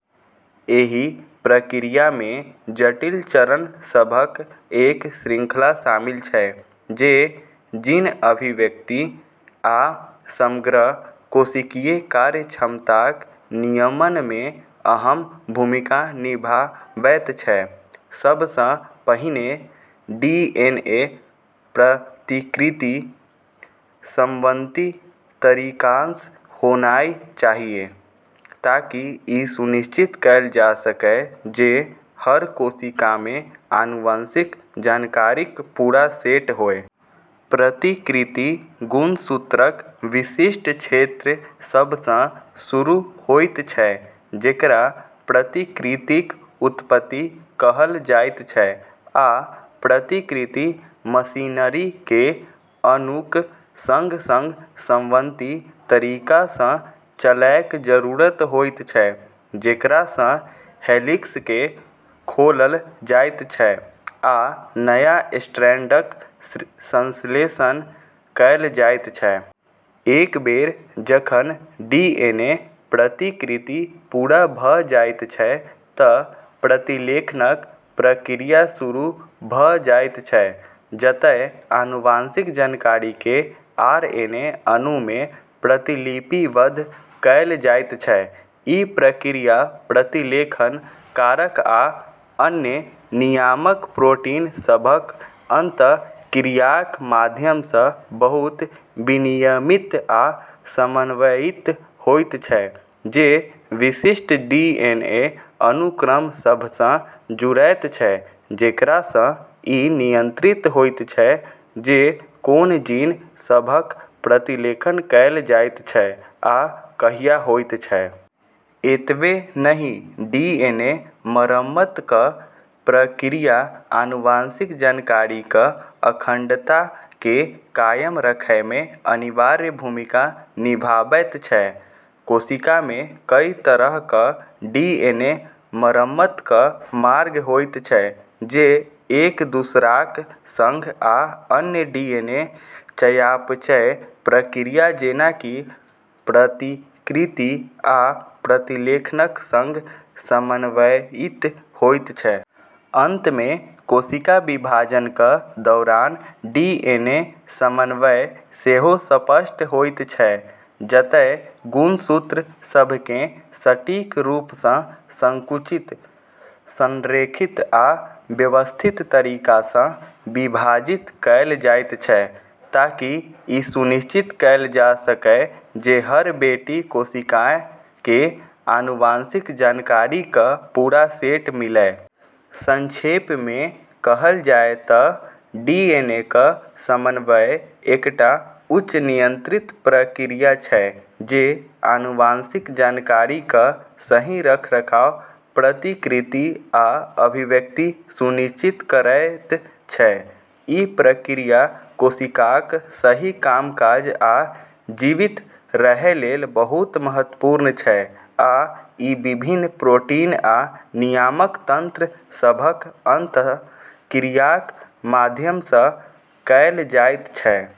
एहि प्रक्रियामे जटिल चरण सभक एक श्रृंखला शामिल छै जे जीन अभिव्यक्ति आ समग्र कोशिकीय कार्यक्षमताक नियमनमे अहम भूमिका निभाबैत छै। सबसँ पहिने डीएनए प्रतिकृति समन्वित तरीकासँ होनाइ चाहिया ताकि ई सुनिश्चित कएल जा सकय जे हर कोशिकामे आनुवंशिक जानकारीक पूरा सेट होय। प्रतिकृति गुणसूत्रक विशिष्ट क्षेत्र सभसँ शुरू होइत छै जेकरा प्रतिकृतिक उत्पत्ति कहल जाइत छै, आ प्रतिकृति मशीनरीकेँ अणुक संग-संग समन्वित तरीकासँ चलैक जरूरत होइत छै, जेकरासँ हेलिक्सकेँ खोलल जाइत छै आ नया स्ट्रैंडक संश्लेषण कएल जाइत छै। एक बेर जखन डीएनए प्रतिकृति पूरा भऽ जाइत छै तँ प्रतिलेखनक प्रक्रिया शुरू भऽ जाइत छै, जतय आनुवंशिक जानकारीकेँ आरएनए अणुमे प्रतिलिपिबद्ध कएल जाइत छै। ई प्रक्रिया प्रतिलेखन कारक आ अन्य नियामक प्रोटीन सभक अंतःक्रियाक माध्यमसँ बहुत विनियमित आ समन्वयित होइत छै जे विशिष्ट डीएनए अनुक्रम सभसँ जुड़ैत छै, जेकरासँ ई नियंत्रित होइत छै जे कोन जीन सभक प्रतिलेखन कएल जाइत छै आ कहिया होइत छै। एतबे नहि, डीएनए मरम्मतक प्रक्रिया आनुवंशिक जानकारीक अखंडताकेँ कायम रखैमे अनिवार्य भूमिका निभाबैत छै। कोशिकामे कई तरहक डीएनए मरम्मतक मार्ग होइत छै जे एक-दूसराक संग आ अन्य डीएनए चयापचय प्रक्रिया जेना कि प्रतिकृति आ प्रतिलेखनक संग समन्वयित होइत छै। अंतमे, कोशिका विभाजनक दौरान डीएनए समन्वय सेहो स्पष्ट होइत छै, जतय गुणसूत्र सभकेँ सटीक रूपसँ संकुचित, संरेखित आ व्यवस्थित तरीकासँ विभाजित कएल जाइत छै ताकि ई सुनिश्चित कएल जा सकय जे हर बेटी कोशिकाकेँ आनुवंशिक जानकारीक पूरा सेट मिलय। संक्षेपमे कहल जाय तँ डीएनएक समन्वय एकटा उच्च नियंत्रित प्रक्रिया छै जे आनुवंशिक जानकारीक सही रखरखाव, प्रतिकृति आ अभिव्यक्ति सुनिश्चित करैत छै। ई प्रक्रिया कोशिकाक सही कामकाज आ जीवित रहैलेल बहुत महत्वपूर्ण छै आ ई विभिन्न प्रोटीन आ नियामक तंत्र सभक अंतःक्रियाक माध्यमसँ कएल जाइत छै।